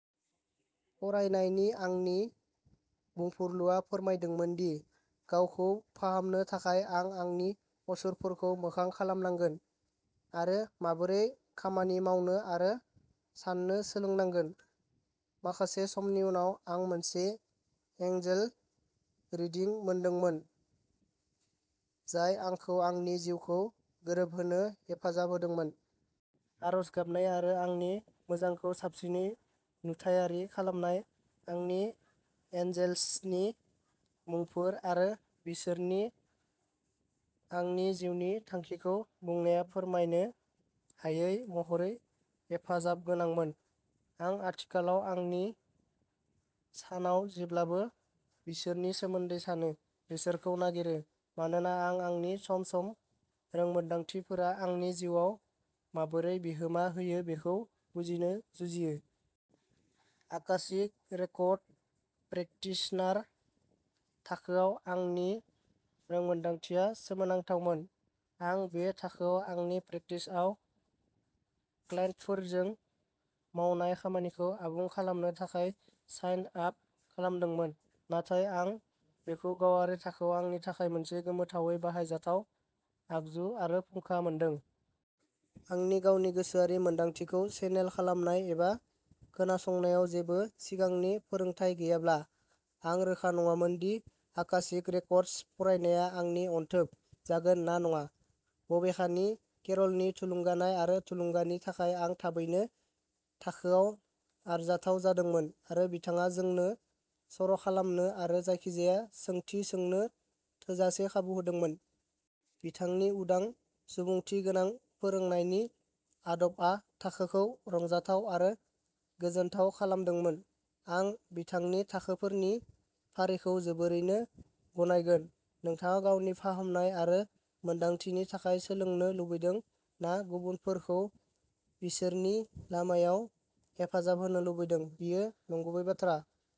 फरायनायनि आंनि बुंफुरलुआ फोरमायदोंमोन दि गावखौ फाहामनो थाखाय आं आंनि असुरफोरखौ मोखां खालामनांगोन आरो माबोरै खामानि मावनो आरो साननो सोलोंनांगोन। माखासे समनि उनाव, आं मोनसे एंजल रिडिं मोनदोंमोन जाय आंखौ आंनि जिउखौ गोरोबहोनो हेफाजाब होदोंमोन। आरज गाबनाय आरो आंनि मोजांखौ साबसिनै नुथायारि खालामनाय। आंनि एन्जेल्सनि मुंफोर आरो बिसोरनि आंनि जिउनि थांखिखौ बुंनाया फोरमायनो हायै महरै हेफाजाबगोनांमोन। आं आथिखालाव आंनि सानाव जेब्लाबो बिसोरनि सोमोन्दै सानो, बिसोरखौ नागिरो, मानोना आं आंनि सम-सम रोंमोनदांथिफोरा आंनि जिउआव माबोरै बिहोमा होयो बेखौ बुजिनो जुजियो। आकाशिक रेकर्ड प्रेकटिशनार थाखोआव आंनि रोंमोनदांथिया सोमोनांथावमोन। आं बे थाखोआव आंनि प्रेकटिसआव क्लाइन्टफोरजों मावनाय खामानिखौ आबुं खालामनो थाखाय साइन आप खालामदोंमोन, नाथाय आं बेखौ गावारि थाखोआव आंनि थाखाय मोनसे गोमोथावै बाहायजाथाव आगजु आरो फुंखा मोनदों। आंनि गावनि गोसोआरि मोनदांथिखौ चेनेल खालामनाय एबा खोनासंनायाव जेबो सिगांनि फोरोंथाय गैयाब्ला, आं रोखा नङामोन दि आकाशिक रेकर्डस फरायनाया आंनि "अनथोब" जागोन ना नङा। बबेखानि, केरलनि थुलुंगानाय आरो थुलुंगानि थाखाय आं थाबैनो थाखोयाव आरजाथाव जादोंमोन, आरो बिथाङा जोंनो सर'खालामनो आरो जायखिजाया सोंथि सोंनो थोजासे खाबु होदोंमोन। बिथांनि उदां, सुबुंथिगोनां फोरोंनायनि आदबआ थाखोखौ रंजाथाव आरो गोजोनथाव खालामदोंमोन। आं बिथांनि थाखोफोरनि फारिखौ जोबोरैनो गनायगोन, नोंथाङा गावनि फाहामनाय आरो मोनदांथिनि थाखाय सोलोंनो लुबैदों ना गुबुनफोरखौ बिसोरनि लामायाव हेफाजाब होनो लुबैदों। बियो नंगुबै बाथ्रा।